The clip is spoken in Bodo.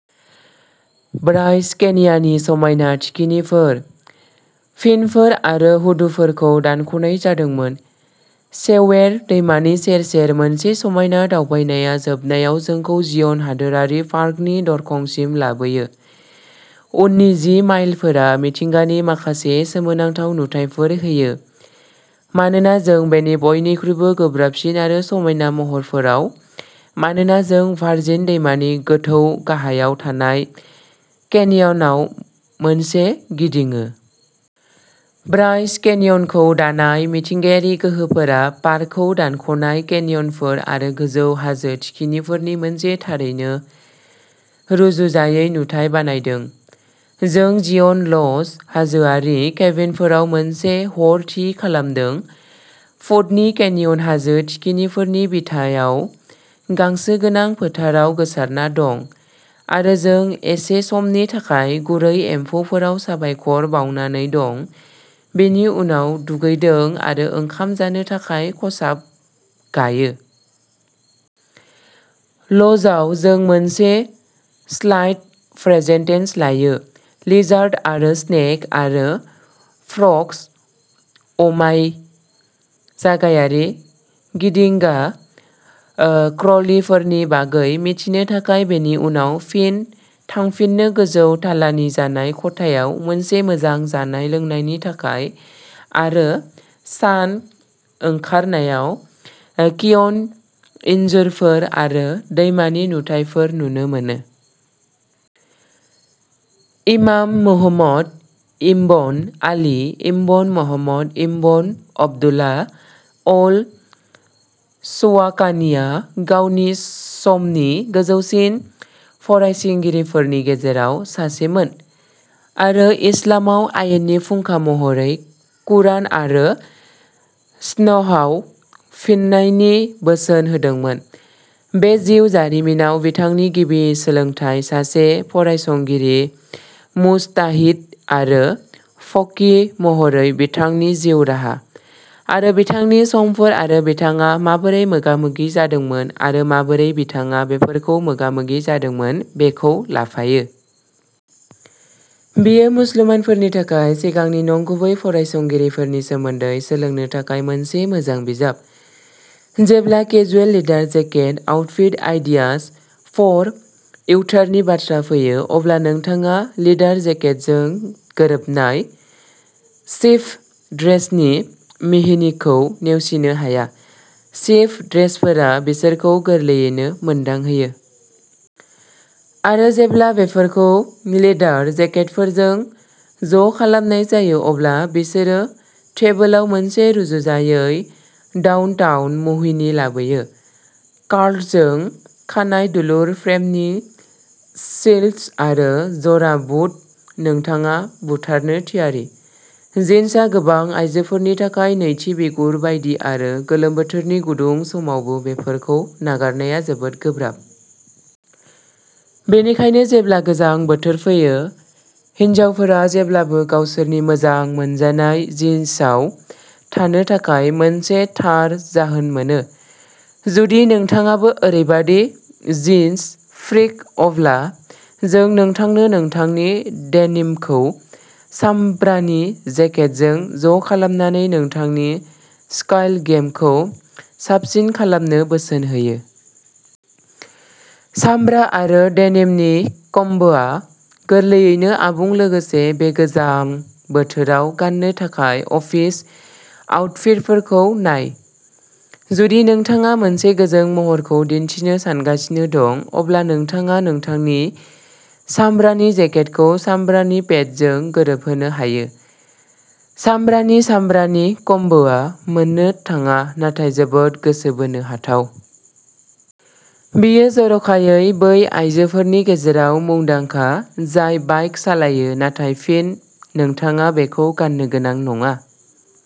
ब्राइस केनयाननि समायना थिखिनिफोर फिनफोर आरो हुदुफोरखौ दानख'नाय जादोंमोन। सेवेर दैमानि सेर सेर मोनसे समायना दावबायनाया जोबनायाव जोंखौ जिय'न हादोरारि पार्कनि दरखंसिम लाबोयो। उननि जि माइलफोरा मिथिंगानि माखासे सोमोनांथाव नुथायफोर होयो मानोना जों बेनि बयनिख्रुइबो गोब्राबसिन आरो समायना महरफोराव मानोना जों भार्जिन दैमानि गोथौ गाहायाव थानाय केनेयनाव मोनसे गिदिङो। ब्राइस केनय'नखौ दानाय मिथिंगायारि गोहोफोरा पार्कखौ दानख'नाय केनय'नफोर आरो गोजौ हाजो थिखिनिफोरनि मोनसे थारैनो रुजुजायै नुथाय बानायदों। जों जिय'न ल'ज हाजोआरि केबिनफोराव मोनसे हर थि खालामदों, फुटनि केनय'न हाजो थिखिनिफोरनि बिथायाव गांसो गोनां फोथाराव गोसारना दं आरो जों एसे समनि थाखाय गुरै एमफोराव साबायखर बावनानै दं बिनि उनाव दुगैदों आरो ओंखाम जानो थाखाय खसाब गायो। ल'जआव जों मोनसे स्लाइड प्रेजेन्टेन्स लायो लिजार्ड आरो स्नेक आरो फ्र'ग्स अ'माय जागायारि गिदिंगा ओ क्र'लिफोरनि बागै मिथिनो थाखाय, बेनि उनाव फिन थांफिननो। गोजौ थालानि जानाय खथायाव मोनसे मोजां जानाय लोंनायनि थाखाय आरो सान ओंखारनायाव ओ कियन इनजुरफोर आरो दैमानि नुथायफोर नुनो मोनो। इमाम मुहम्मद इम्बन आली इम्बन मुहम्मद इम्बन अब्दुल्लाह अल शवाकानीआ गावनि समनि गोजौसिन फरायसंगिरिफोरनि गेजेराव सासेमोन आरो इस्लामाव आयेननि फुंखा महरै कुरान आरो स्नुहाव फैफिन्नायनि बोसोन होदोंमोन। बे जिउ जारिमिना बिथांनि गिबि सोलोंथाय सासे फरायसंगिरि मुजताहिद आरो फकीह महरै बिथांनि जिउ राहा आरो बिथांनि समफोर आरो बिथाङा माबोरै मोगा मोगि जादोंमोन आरो माबोरै बिथाङा बेफोरखौ मोगा मोगि जादोंमोन बेखौ लाफायो। बेयो मुसलमानफोरनि थाखाय सिगांनि नंगुबै फरायसंगिरिफोरनि सोमोन्दै सोलोंनो थाखाय मोनसे मोजां बिजाब। जेब्ला casual leather jacket outfit ideas for इउटारनि बाथ्रा फैयो अब्ला नोंथाङा लेदार जेकेटजों गोरोबनाय शिफ्ट ड्रेसनि मिहिनिखौ नेवसिनो हाया। शिफ्ट ड्रेसफोरा बिसोरखौ गोरलैयैनो मोनदांहोयो। आरो जेब्ला बेफोरखौ लेदार जेकेटफोरजों ज'खालामनाय जायो, अब्ला बिसोरो टेबोलाव मोनसे रुजुजायै डाउनटाउन मुहिनि लाबोयो। कार्लजों खानाइ दुलुर फ्रेमनि शिल्डस आरो जरा बुट नोंथाङा बुथारनो थियारि। जिन्सआ गोबां आइजोफोरनि थाखाय नैथि बिगुर बायदि आरो गोलोम बोथोरनि गुदुं समावबो बेफोरखौ नागारनाया जोबोद गोब्राब। बेनिखायनो, जेब्ला गोजां बोथोर फैयो हिनजावफोरा जेब्लाबो गावसोरनि मोजां मोनजानाय जिन्सआव थानो थाखाय मोनसे थार जाहोन मोनो। जुदि नोंथाङाबो ओरैबायदि जिन्स फ्रिक अब्ला जों नोंथांनो नोंथांनि डेनिमखौ सामब्रानि जेकेटजों ज'खालामनानै नोंथांनि स्काइल गेमखौ साबसिन खालामनो बोसोन होयो। सामब्रा आरो डेनिमनि कम्बोआ गोरलैयैनो आबुं लोगोसे बे गोजां बोथोराव गान्नो थाखाय अफिस आउटफिटफोरखौ नाय जुदि नोंथाङा मोनसे गोजों महरखौ दिन्थिनो सानगासिनो दं अब्ला नोंथाङा नोंथांनि सामब्रानि जेकेटखौ सामब्रानि पेटजों गोरोबहोनो हायो। सामब्रानि सामब्रानि कम्बोआ मोननो थाङा नाथाय जोबोद गोसो बोनो हाथाव। बेयो जर'खायै बै आयजोफोरनि गेजेराव मुंदांखा जाय बाइक सालायो नाथाय फिन नोंथाङा बेखौ गाननो गोनां नङा।